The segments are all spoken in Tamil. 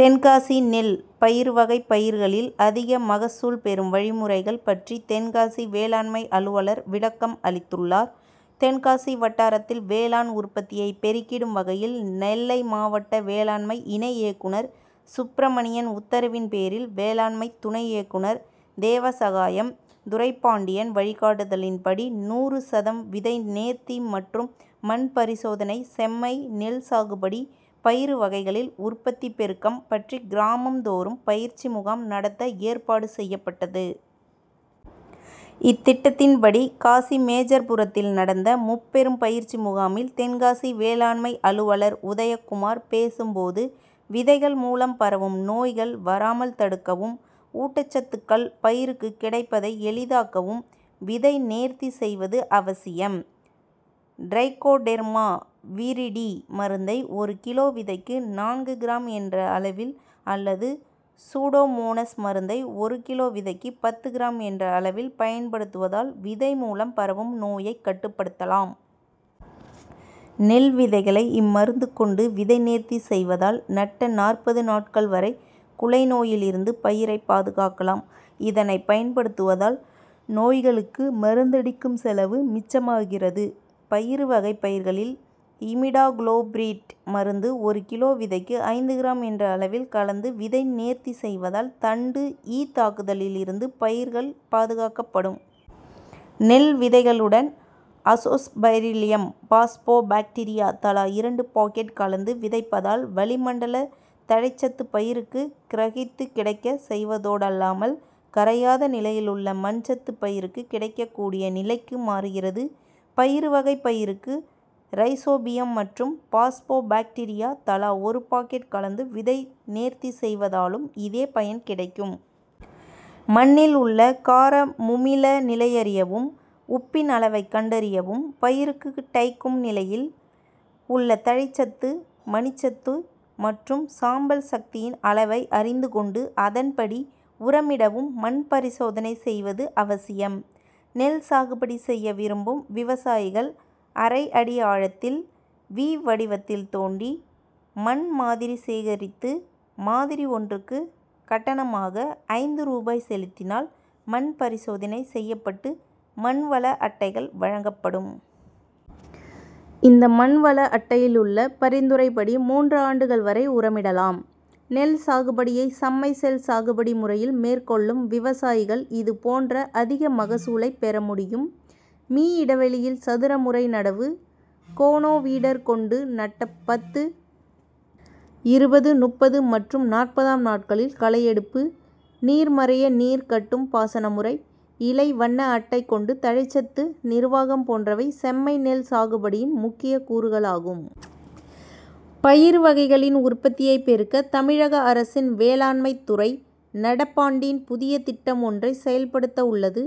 தென்காசி நெல், பயறு வகை பயிர்களில் அதிக மகசூல் பெறும் வழிமுறைகள் பற்றி தென்காசி வேளாண்மை அலுவலர் விளக்கம் அளித்துள்ளார். தென்காசி வட்டாரத்தில் வேளாண் உற்பத்தியை பெருக்கிடும் வகையில் நெல்லை மாவட்ட வேளாண்மை இணை இயக்குநர் சுப்பிரமணியன் உத்தரவின் பேரில், வேளாண்மை துணை இயக்குநர் தேவசகாயம், துரைப்பாண்டியன் வழிகாட்டுதலின் படி நூறு சதம் விதை நேர்த்தி மற்றும் மண் பரிசோதனை, செம்மை நெல் சாகுபடி, பயறு வகைகளின் உற்பத்தி பெருக்கம் பற்றி கிராமம் தோறும் பயிற்சி முகாம் நடத்த ஏற்பாடு செய்யப்பட்டது. இத்திட்டத்தின் படி காசிமேஜர்புரத்தில் நடந்த முப்பெரும் பயிற்சி முகாமில் தென்காசி வேளாண்மை அலுவலர் உதய குமார் பேசும் போது, விதைகள் மூலம் பரவும் நோய்கள் வராமல் தடுக்கவும், ஊட்டச்சத்துகள் பயிருக்கு கிடைப்பதை எளிதாக்கவும் விதை நேர்த்தி செய்வது அவசியம். டிரைகோடெர்மா விரிடி மருந்தை ஒரு கிலோ விதைக்கு நான்கு கிராம் என்ற அளவில் அல்லது சூடோமோனாஸ் மருந்தை ஒரு கிலோ விதைக்கு பத்து கிராம் என்ற அளவில் பயன்படுத்துவதால் விதை மூலம் பரவும் நோயை கட்டுப்படுத்தலாம். நெல் விதைகளை இம்மருந்து கொண்டு விதை நேர்த்தி செய்வதால் நட்ட நாற்பது நாட்கள் வரை குலை நோயிலிருந்து பயிரை பாதுகாக்கலாம். இதனை பயன்படுத்துவதால் நோய்களுக்கு மருந்தடிக்கும் செலவு மிச்சமாகிறது. பயறு வகை பயிர்களில் இமிடாகுளோபிரிட் மருந்து ஒரு கிலோ விதைக்கு ஐந்து கிராம் என்ற அளவில் கலந்து விதை நேர்த்தி செய்வதால் தண்டு ஈ தாக்குதலிலிருந்து பயிர்கள் பாதுகாக்கப்படும். நெல் விதைகளுடன் அசோஸ் பைரில்லம், பாஸ்போ பாக்டீரியா தலா இரண்டு பாக்கெட் கலந்து விதைப்பதால் வளி மண்டல தழைச்சத்து பயிருக்கு கிரகித்து கிடைக்க செய்வதோடல்லாமல், கரையாத நிலையிலுள்ள மணிச்சத்து பயிருக்கு கிடைக்க கூடிய நிலைக்கு மாறுகிறது. பயறு வகை பயிருக்கு ரைசோபியம் மற்றும் பாஸ்போ பாக்டீரியா தலா ஒரு பாக்கெட் கலந்து விதை நேர்த்தி செய்வதாலும் இதே பயன் கிடைக்கும். மண்ணில் உள்ள கார முமில நிலையறியவும், உப்பின் அளவை கண்டறியவும் பயிருக்கு டைக்கும் நிலையில் உள்ள தழைச்சத்து, மணிச்சத்து மற்றும் சாம்பல் சத்தின் அளவை அறிந்து கொண்டு அதன் படி உரமிடவும் மண் பரிசோதனை செய்வது அவசியம். நெல் சாகுபடி செய்ய விரும்பும் விவசாயிகள் அரை அடி ஆழத்தில் வி வடிவத்தில் தோண்டி மண் மாதிரி சேகரித்து மாதிரி ஒன்றுக்கு கட்டணமாக ஐந்து ரூபாய் செலுத்தினால் மண் பரிசோதனை செய்யப்பட்டு மண் வள அட்டைகள் வழங்கப்படும். இந்த மண் வள அட்டைகளிலுள்ள பரிந்துரைப்படி மூன்று ஆண்டுகள் வரை உரமிடலாம். நெல் சாகுபடியை சம்மை செல் சாகுபடி முறையில் மேற்கொள்ளும் விவசாயிகள் இது போன்ற அதிக மகசூலை பெற முடியும். மீ. இடைவெளியில் சதுர முறை நடவு, கோனோவீடர் கொண்டு நட்ட பத்து, இருபது, முப்பது மற்றும் நாற்பதாம் நாட்களில் களையெடுப்பு, நீர் மறைய நீர் கட்டும் பாசன முறை, இலை வண்ண அட்டை கொண்டு தழைச்சத்து நிர்வாகம் போன்றவை செம்மை நெல் சாகுபடியின் முக்கிய கூறுகளாகும். பயறு வகைகளின் உற்பத்தியை பெருக்க தமிழக அரசின் வேளாமைத்துறை நடப்பாண்டில் புதிய திட்டம் ஒன்றை செயல்படுத்தவுள்ளது.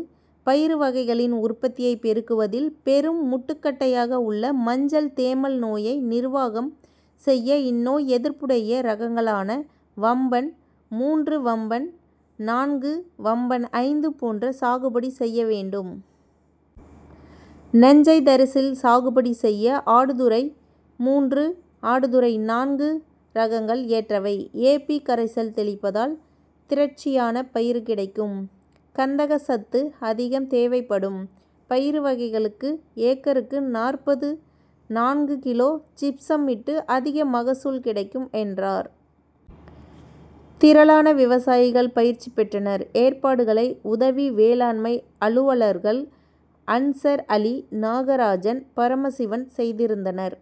பயறு வகைகளின் உற்பத்தியை பெருக்குவதில் பெரும் முட்டு கட்டையாக உள்ள மஞ்சள் தேமல் நோயை நிர்வாகம் செய்ய இந்நோய் எதிர்ப்புடைய ரகங்களான வம்பன் மூன்று, வம்பன் நான்கு, வம்பன் ஐந்து போன்றவற்றை சாகுபடி செய்ய வேண்டும். நஞ்சை தரிசில் சாகுபடி செய்ய ஆடுதுறை மூன்று, ஆடுதுறை நான்கு ரகங்கள் ஏற்றவை. ஏ. பி. கரைசல் தெளிப்பதால் திரட்சியான பயறு கிடைக்கும். கந்தக சத்து அதிகம் தேவைப்படும் பயறு வகைகளுக்கு ஏக்கருக்கு நாற்பத்து நான்கு கிலோ ஜிப்சம் இட்டு அதிக மகசூல் கிடைக்கும் என்றார். திரளான விவசாயிகள் பயிற்சி பெற்றனர். ஏற்பாடுகளை உதவி வேளாண்மை அலுவலர்கள் அன்சர் அலி, நாகராஜன், பரமசிவன் செய்திருந்தனர்.